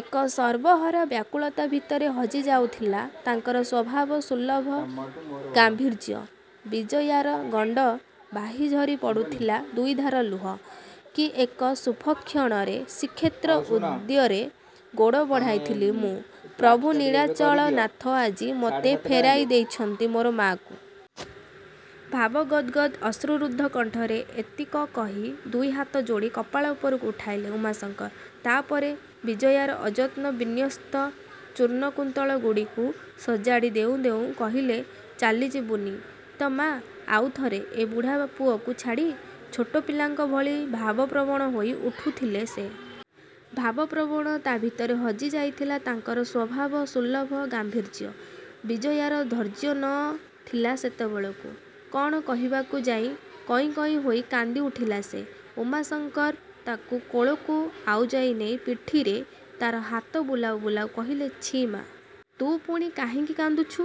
ଏକ ସର୍ବହରା ବ୍ୟାକୁଳତା ଭିତରେ ହଜି ଯାଉଥିଲା ତାଙ୍କର ସ୍ଵଭାବ ସୁଲଭ ଗାମ୍ଭୀର୍ଯ୍ୟ, ବିଜୟାର ଗଣ୍ତ ବାହି ଝରି ପଡ଼ୁଥିଲା ଦୁଇଧାର ଲୁହ। "କି ଏକ ଶୁଭକ୍ଷଣରେ ଶ୍ରୀକ୍ଷେତ୍ର ଉଦ୍ଦ୍ୟେରେ ଗୋଡ଼ ବଢ଼ାଇଥିଲି ମୁଁ, ପ୍ରଭୁ ନିଳାଚଳ ନାଥ ଆଜି ମୋତେ ଫେରାଇ ଦେଇଛନ୍ତି ମୋର ମା'କୁ। '' ଭାବ ଗଦ ଗଦ, ଅଶ୍ରୁରୁଦ୍ଧ କଣ୍ଠରେ ଏତିକ କହି, ଦୁଇ ହାତ ଯୋଡ଼ି କପାଳ ଉପରକୁ ଉଠାଇଲେ ଉମାଶଙ୍କର। ତା'ପରେ ବିଜୟାର ଅଯତ୍ନ ବିନ୍ୟସ୍ତ ଚୂର୍ଣ୍ଣକୁନ୍ତଳଗୁଡ଼ିକୁ ସଜାଡ଼ି ଦେଉଁ ଦେଉଁ କହିଲେ—"ଚାଲି ଯିବୁନି ତ ମା' ଆଉଥରେ ଏ ବୁଢ଼ାପୁଅକୁ ଛାଡ଼ି। '' ଛୋଟ ପିଲାଙ୍କ ଭଳି ଭାବ ପ୍ରବଣ ହୋଇ ଉଠୁଥିଲେ ସେ। ଭାବ ପ୍ରବଣ ତା ଭିତରେ ହଜି ଯାଇଥିଲା ତାଙ୍କର ସ୍ଵଭାବ ସୁଲଭ ଗାମ୍ଭୀର୍ଯ୍ୟ। ବିଜୟାର ଧୈର୍ଯ୍ୟ ନ ଥିଲା ସେତେବେଳକୁ। କ'ଣ କହିବାକୁ ଯାଇ କଇଁ କଇଁ ହୋଇ କାନ୍ଦି ଉଠିଲା ସେ। ଉମାଶଙ୍କର ତାକୁ କୋଳକୁ ଆଉଜାଇ ନେଇ ପିଠିରେ ତା'ର ହାତ ବୁଲାଉ ବୁଲାଉ କହିଲେ— "ଛି ମା! ତୁ ପୁଣି କାହିଁକି କାନ୍ଦୁଛୁ।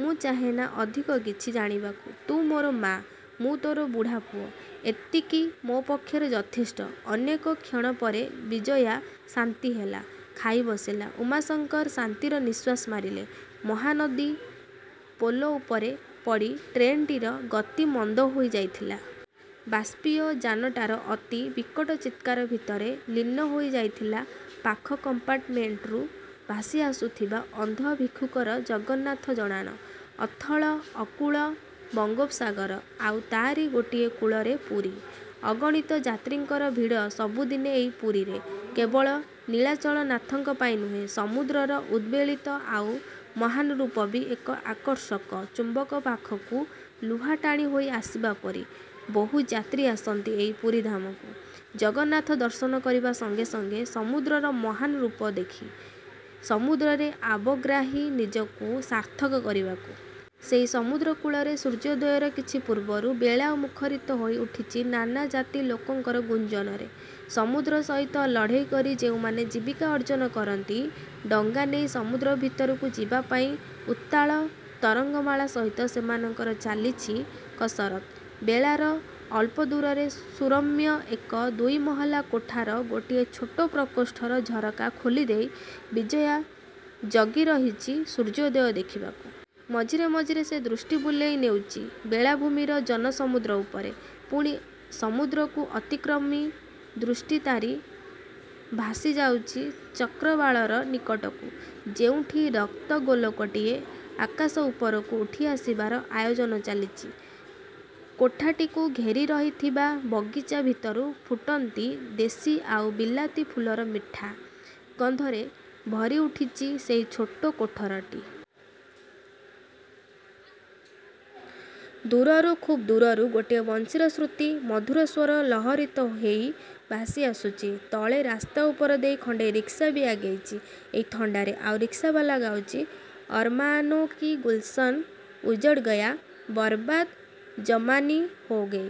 ମୁଁ ଚାହେଁନା ଅଧିକ କିଛି ଜାଣିବାକୁ। ତୁ ମୋର ମା-। ମୁଁ ତୋର ବୁଢ଼ାପୁଅ। ଏତିକି ମୋ ପକ୍ଷରେ ଯଥେଷ୍ଟ। '' ଅନେକ କ୍ଷଣ ପରେ ବିଜୟା ଶାନ୍ତି ହେଲା। ଖାଇ ବସିଲା। ଉମାଶଙ୍କର ଶାନ୍ତିର ନିଶ୍ଵାସ ମାରିଲେ। ମହାନଦୀ ପୋଲ ଉପରେ ପଡ଼ି ଟ୍ରେନଟିର ଗତି ମନ୍ଦ ହୋଇ ଯାଇଥିଲା। ବାଷ୍ପିୟ ଯାନଟାର ଅତି ବିକଟ ଚିତ୍କାର ଭିତରେ ଲୀନ ହୋଇ ଯାଇଥିଲା ପାଖ କମ୍ପାର୍ଟମେଣ୍ଟରୁ ଭାସି ଆସୁଥିବା ଅନ୍ଧ ଭିକ୍ଷୁକର ଜଗନ୍ନାଥ ଜଣାଣ। ଅଥଳ ଅକୂଳ ବଙ୍ଗୋପ ସାଗର… ଆଉ ତା'ରି ଗୋଟିଏ କୂଳରେ ପୁରୀ। ଅଗଣିତ ଯାତ୍ରୀଙ୍କର ଭିଡ଼ ସବୁଦିନେ ଏଇ ପୁରୀରେ, କେବଳ ନୀଳାଚଳନାଥଙ୍କ ପାଇଁ ନୁହେଁ ସମୁଦ୍ରର ଉଦବେଳିତ ଆଉ ମହାନ୍ ରୂପ ବି ଏକ ଆକର୍ଷକ, ଚୁମ୍ଵକ ପାଖକୁ ଲୁହାଟାଣି ହୋଇ ଆସିବା ପରି ବହୁଯାତ୍ରୀ ଆସନ୍ତି ଏଇ ପୁରୀଧାମକୁ, ଜଗନ୍ନାଥ ଦର୍ଶନ କରିବା ସଙ୍ଗେ ସଙ୍ଗେ, ସମୁଦ୍ରର ମହାନ୍ ରୂପ ଦେଖି, ସମୁଦ୍ରରେ ଆବଗ୍ରାହି ନିଜକୁ ସାର୍ଥକ କରିବାକୁ। ସେଇ ସମୁଦ୍ର କୂଳରେ ସୂର୍ଯ୍ୟୋଦୟର କିଛି ପୂର୍ବରୁ…..। ବେଳା ମୁଖରିତ ହୋଇ ଉଠିଚି ନାନା ଜାତି ଲୋକଙ୍କର ଗୁଞ୍ଜନରେ। ସମୁଦ୍ର ସହିତ ଲଢ଼େଇ କରି ଯେଉଁମାନେ ଜୀବିକା ଅର୍ଜନ କରନ୍ତି, ଡଙ୍ଗାନେଇ ସମୁଦ୍ର ଭିତରକୁ ଯିବାପାଇଁ ଉତ୍ତାଳ ତରଙ୍ଗମାଳା ସହିତ ସେମାନଙ୍କର ଚାଲିଛି କସରତ୍। ବେଳାର ଅଳ୍ପ ଦୂରରେ ସୁରମ୍ୟ ଏକ ଦୁଇମହଲା କୋଠାର ଗୋଟିଏ ଛୋଟ ପ୍ରକୋଷ୍ଠର ଝରକା ଖୋଲିଦେଇ ବିଜୟା ଜଗି ରହିଚି ସୂର୍ଯ୍ୟୋଦୟ ଦେଖିବାକୁ। ମଝିରେ ମଝିରେ ସେ ଦୃଷ୍ଟି ବୁଲେଇ ନେଉଚି ବେଳା ଭୂମିର ଜନ ସମୁଦ୍ର ଉପରେ। ପୁଣି ସମୁଦ୍ରକୁ ଅତିକ୍ରମି ଦୃଷ୍ଟି ତା'ରି ଭାଷି ଯାଉଚି ଚକ୍ରବାଳର ନିକଟକୁ, ଯେଉଁଠି ରକ୍ତ ଗୋଲକଟିଏ ଆକାଶ ଉପରକୁ ଉଠି ଆସିବାର ଆୟୋଜନ ଚାଲିଚି। କୋଠାଟିକୁ ଘେରି ରହିଥିବା ବଗିଚା ଭିତରୁ ଫୁଟନ୍ତି ଦେଶୀ ଆଉ ବିଲାତି ଫୁଲର ମିଠା ଗନ୍ଧରେ ଭରି ଉଠିଚି ସେଇ ଛୋଟ କୋଠରଟି। ଦୂରରୁ….. ଖୁବ୍ ଦୂରରୁ ଗୋଟିଏ ବଂଶୀର ଶ୍ରୁତି ମଧୁର ସ୍ଵର ଲହରୀତ ହେଇ ଭାଷି ଆସୁଚି। ତଳେ ରାସ୍ତା ଉପର ଦେଇ ଖଣ୍ତେ ରିକ୍ସା ବି ଆଗେଇଚି ଏଇ ଥଣ୍ତାରେ, ଆଉ ରିକ୍ସା ବାଲା ଗାଉଚି… "ଅରମାନୋ କି ଗୁଲ୍ସନ ଉଜଡ଼ ଗୟା, ବର୍ବାଦ ଜମାନୀ ହୋ ଗଇ…